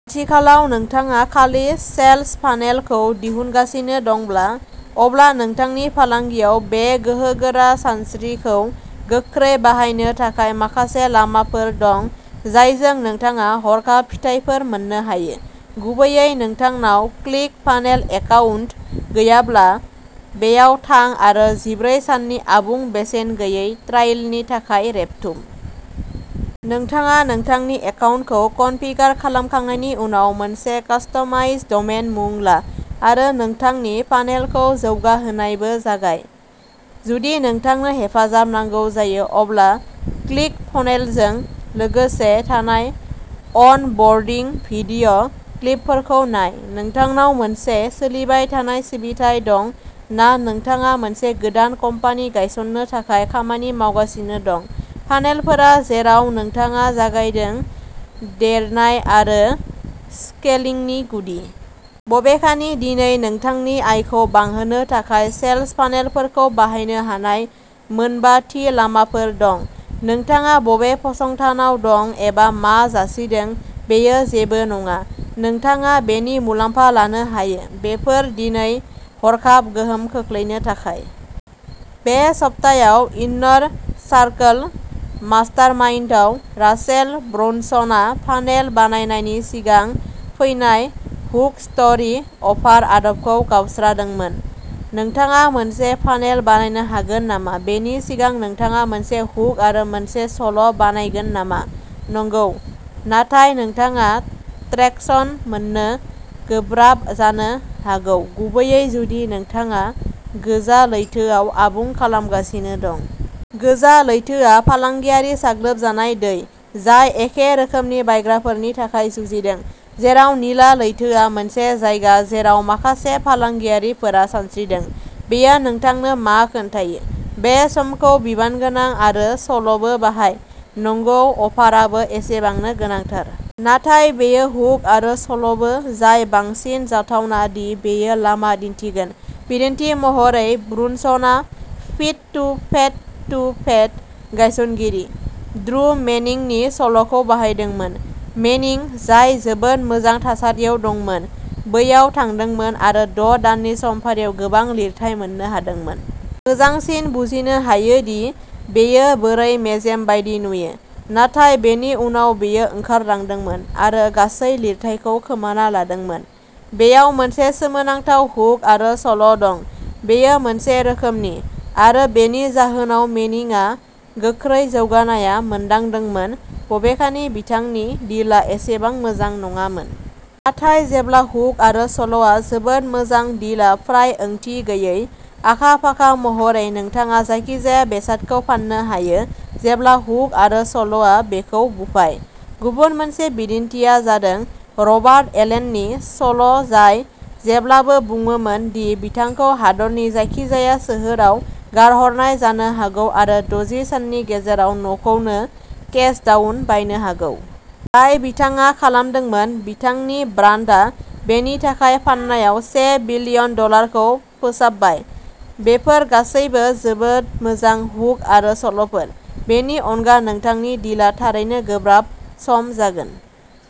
आथिखालाव नोंथाङा खालि सेल्स फानेलखौ दिहुनगासिनो दंब्ला, अब्ला नोंथांनि फालांगियाव बे गोहोगोरा सानस्रिखौ गोख्रै बाहायनो थाखाय माखासे लामाफोर दं जायजों नोंथाङा हरखाब फिथायफोर मोननो हायो। गुबैयै नोंथांनाव क्लिक फानेल एकाउन्ट गैयाब्ला बेयाव थां आरो जिब्रै साननि आबुं बेसेन गैयै ट्राइलनि थाखाय रेबथुम। नोंथाङा नोंथांनि एकाउन्टखौ कनफिगार खालामखांनायनि उनाव मोनसे कास्टमाइज्ड डमेन मुं ला आरो नोंथांनि फानेलखौ जौगाहोनायबो जागाय। जुदि नोंथांनो हेफाजाब नांगौ जायो, अब्ला क्लिकफनेलजों लोगोसे थानाय अन-बर्डिं भिडिअ क्लिपफोरखौ नाय। नोंथांनाव मोनसे सोलिबाय थानाय सिबिथाइ दं ना नोंथाङा मोनसे गोदान कम्पानि गायसननो थाखाय खामानि मावगासिनो दं, फानेलफोरा जेराव नोंथाङा जागायदों, देरनाय आरो स्केलिंनि गुदि। बबेखानि दिनै नोंथांनि आयखौ बांहोनो थाखाय सेल्स फानेलफोरखौ बाहायनो हानाय मोन बा थि लामाफोर दं। नोंथाङा बबे फसंथानाव दं एबा मा जासिदों, बेयो जेबो नङा, नोंथाङा बेनि मुलाम्फा लानो हायो। बेफोर दिनै हरखाब गोहोम खोख्लैनो थाखाय। बे सप्तायाव इन्नार सार्कल मास्टारमाइन्डआव रासेल ब्रुनसनआ फानेल बानायनायनि सिगां फैनाय हुक-स्ट'रि-अफार आदबखौ गावस्रादोंमोन। नोंथाङा मोनसे फानेल बानायनो हागोन नामा बेनि सिगां नोंथाङा मोनसे हुक आरो मोनसे सल' बानायगोन नामा? नंगौ। नाथाय नोंथाङा ट्रेक्शन मोननो गोब्राब जानो हागौ, गुबैयै जुदि नोंथाङा गोजा लैथोआव आबुं खालामगासिनो दं। गोजा लैथोआ फालांगियारि-साग्लोबजानाय दै, जाय एखे रोखोमनि बायग्राफोरनि थाखाय जुजिदों, जेराव निला लैथोआ मोनसे जायगा जेराव माखासे फालांगियारिफोरा सानस्रिदों। बेयो नोंथांनो मा खोन्थायो? बे समखौ बिबानगोनां आरो सल'बो बाहाय। नंगौ, अफाराबो एसेबांनो गोनांथार। नाथाय बेयो हुक आरो सल'बो जाय बांसिन जाथावना दि बेयो लामा दिन्थिगोन। बिदिन्थि महरै, ब्रुनसनआ फिट-टु-फेट-टु-फेट गायसनगिरि, ड्रु मेनिंनि सल'खौ बाहायदोंमोन। मेनिं, जाय जोबोद मोजां थासारियाव दंमोन, बैयाव थांदोंमोन आरो द’ दाननि समफारियाव गोबां लिरथाइ मोननो हादोंमोन। मोजांसिन बुजिनो हायो दि बेयो बोरै मेजेम बायदि नुयो। नाथाय बेनि उनाव बियो ओंखारलांदोंमोन आरो गासै लिरथाइखौ खोमाना लादोंमोन। बेयाव मोनसे सोमोनांथाव हुक आरो सल' दं। बेयो मोनसे रोखोमनि। आरो, बेनि जाहोनाव, मेनिंआ गोख्रै जौगानाया मोनदांदोंमोन, बबेखानि बिथांनि डिलआ एसेबां मोजां नङामोन। नाथाय जेब्ला हुक आरो सल'आ जोबोद मोजां, डीलआ फ्राय ओंथि गैयै। आखा-फाखा महरै, नोंथाङा जायखिजाया बेसादखौ फाननो हायो जेब्ला हुक आरो सल'आ बेखौ बुफाय। गुबुन मोनसे बिदिन्थिआ जादों रबार्ट एलेननि सल'जाय जेब्लाबो बुङोमोन दि बिथांखौ हादरनि जायखिजाया सोहोराव गारहरनाय जानो हागौ आरो दजि साननि गेजेराव न'खौ नो केश डाउन बायनो हागौ। जाय बिथाङा खालामदोंमोन। बिथांनि ब्रान्डआ बेनि थाखाय फाननायाव से बिलियन डलारखौ फोसाबबाय। बेफोर गासैबो जोबोद मोजां हुक आरो सल'फोर। बेनि अनगा नोंथांनि डिलआ थारैनो गोब्राब सम जागोन।